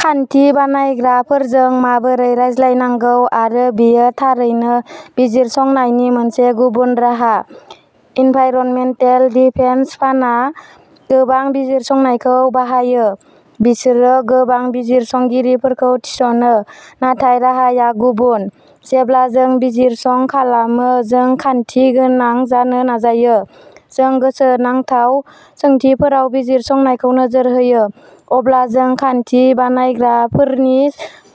खान्थि बानायग्राफोरजों माबोरै रायज्लायनांगौ आरो बेयो थारैनो बिजिरसंनायनि मोनसे गुबुन राहा। एनभाइरनमेन्टेल डिफेन्स फान्डआ गोबां बिजिरसंनायखौ बाहायो, बिसोरो गोबां बिजिरसंगिरिफोरखौ थिसनो, नाथाय राहाआ गुबुन। जेब्ला जों बिजिरसं खालामो जों खान्थि गोनां जानो नाजायो, जों गोसोनांथाव सोंथिफोराव बिजिरसंनायखौ नोजोर होयो, अब्ला जों खान्थि बानायग्राफोरनि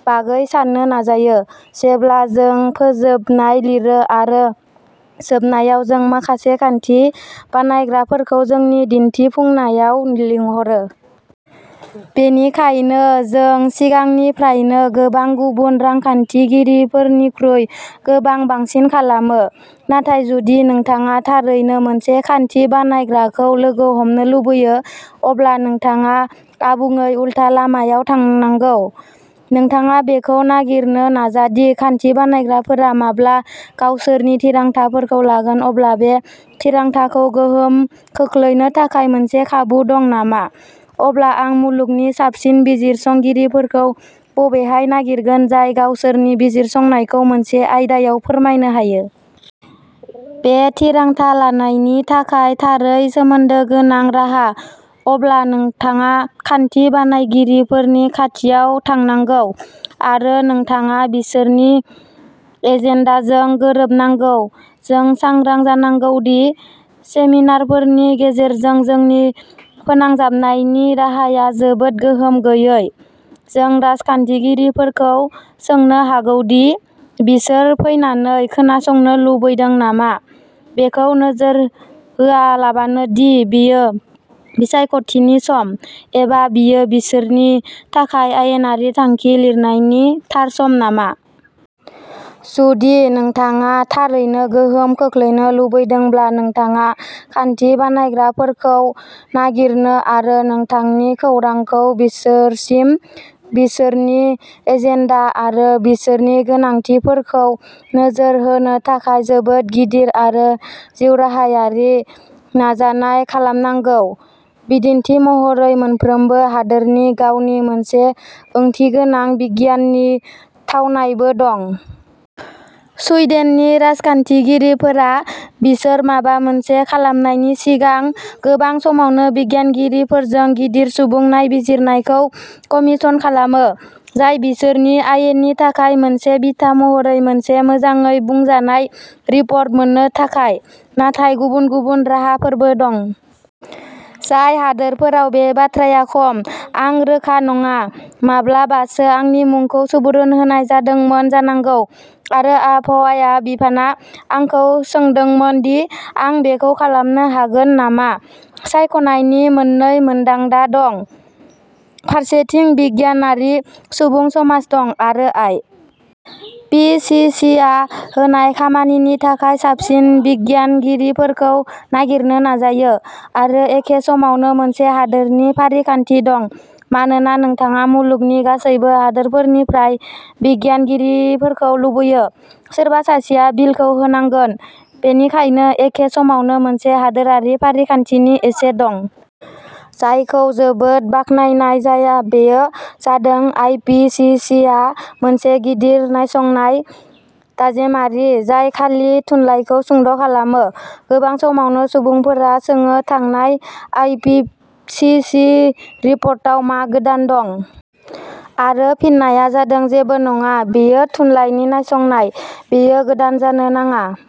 बागै साननो नाजायो जेब्ला जों फोजोबनाय लिरो आरो जोबनायाव जों माखासे खान्थि बानायग्राफोरखौ जोंनि दिन्थिफुंनायाव लिंहरो। बेनिखायनो जों सिगांनिफ्रायनो गोबां गुबुन रांखान्थिगिरिफोरनिख्रुइ गोबां बांसिन खालामो। नाथाय जुदि नोंथाङा थारैनो मोनसे खान्थि बानायग्राखौ लोगो हमनो लुबैयो, अब्ला नोंथाङा आबुङै उलथा लामायाव थांनांगौः नोंथाङा बेखौ नागिरनो नाजा दि खान्थि बानायग्राफोरा माब्ला गावसोरनि थिरांथाफोरखौ लागोन अब्ला बे थिरांथाखौ गोहोम खोख्लैनो थाखाय मोनसे खाबु दं नामा; अब्ला आं मुलुगनि साबसिन बिजिरसंगिरिफोरखौ बबेहाय नागिरगोन जाय गावसोरनि बिजिरसंनायखौ मोनसे आयदायाव फोरमायनो हायो। बे थिरांथा लानायनि थाखाय थारै सोमोन्दो गोनां राहा। अब्ला नोंथाङा खान्थि बानायगिरिफोरनि खाथियाव थांनांगौ, आरो नोंथाङा बिसोरनि एजेन्डाजों गोरोबनांगौ। जों सांग्रां जानांगौ दि सेमिनारफोरनि गेजेरजों जोंनि फोनांजाबनायनि राहाया जोबोद गोहोम गैयै। जों राजखान्थिगिरिफोरखौ सोंनो हागौ दि बिसोर फैनानै खोनासंनो लुबैदों नामा, बेखौ नोजोर होआलाबानो दि बेयो बिसायख'थिनि सम, एबा बेयो बिसोरनि थाखाय आयेनारि थांखि लिरनायनि थार सम नामा। जुदि नोंथाङा थारैनो गोहोम खोख्लैनो लुबैदोंब्ला नोंथाङा खान्थि बानायग्राफोरखौ नागिरनो आरो नोंथांनि खौरांखौ बिसोरसिम, बिसोरनि एजेन्डा आरो बिसोरनि गोनांथिफोरखौ नोजोर होनो थाखाय जोबोद गिदिर आरो जिउराहायारि नाजानाय खालामनांगौ। बिदिन्थि महरै, मोनफ्रोमबो हादोरनि गावनि मोनसे ओंथिगोनां बिगियाननि थावनायबो दं। सुइडेननि राजखान्थिगिरिफोरा, बिसोर माबा मोनसे खालामनायनि सिगां, गोबां समावनो बिगियानगिरिफोरजों गिदिर सुबुं नायबिजिरनायखौ कमिसन खालामो, जाय बिसोरनि आयेननि थाखाय मोनसे बिथा महरै मोनसे मोजाङै बुंजानाय रिपर्ट मोननो थाखाय। नाथाय गुबुन गुबुन राहाफोरबो दं। जाय हादोरफोराव बे बाथ्राया खम। आं रोखा नङा। माब्लाबासो आंनि मुंखौ सुबुरुन होनाय जादोंमोन जानांगौ आरो आबहावा बिफाना आंखौ सोंदोंमोन दि आं बेखौ खालामनो हागोन नामा। सायख'नायनि मोननै मानदान्दा दंः फारसेथिं बिगियानारि सुबुं समाज दं, आरो आइ. पि. सि. सि. आ होनाय खामानिनि थाखाय साबसिन बिगियानगिरिफोरखौ नागिरनो नाजायो, आरो एखे समावनो मोनसे हादोरनि फारिखान्थि दं मानोना नोंथाङा मुलुगनि गासैबो हादोरफोरनिफ्राय बिगियानगिरिफोरखौ लुबैयो। सोरबा सासेया बिलखौ होनांगोन, बेनिखायनो एखे समावनो मोनसे हादोरारि फारिखान्थिनि एसे दं। जायखौ जोबोद बाखनायनाय जाया बेयो जादों आइ. पि. सि. सि. आ मोनसे गिदिर नायसंनाय दाजेमारि जाय खालि थुनलाइखौ सुंद' खालामो। गोबां समावनो सुबुंफोरा सोङो थांनाय आइ. पि. सि. सि. रिपर्टाव मा गोदान दं? आरो फिननाया जादों जेबो नङा, बेयो थुनलाइनि नायसंनाय, बेयो गोदान जानो नाङा।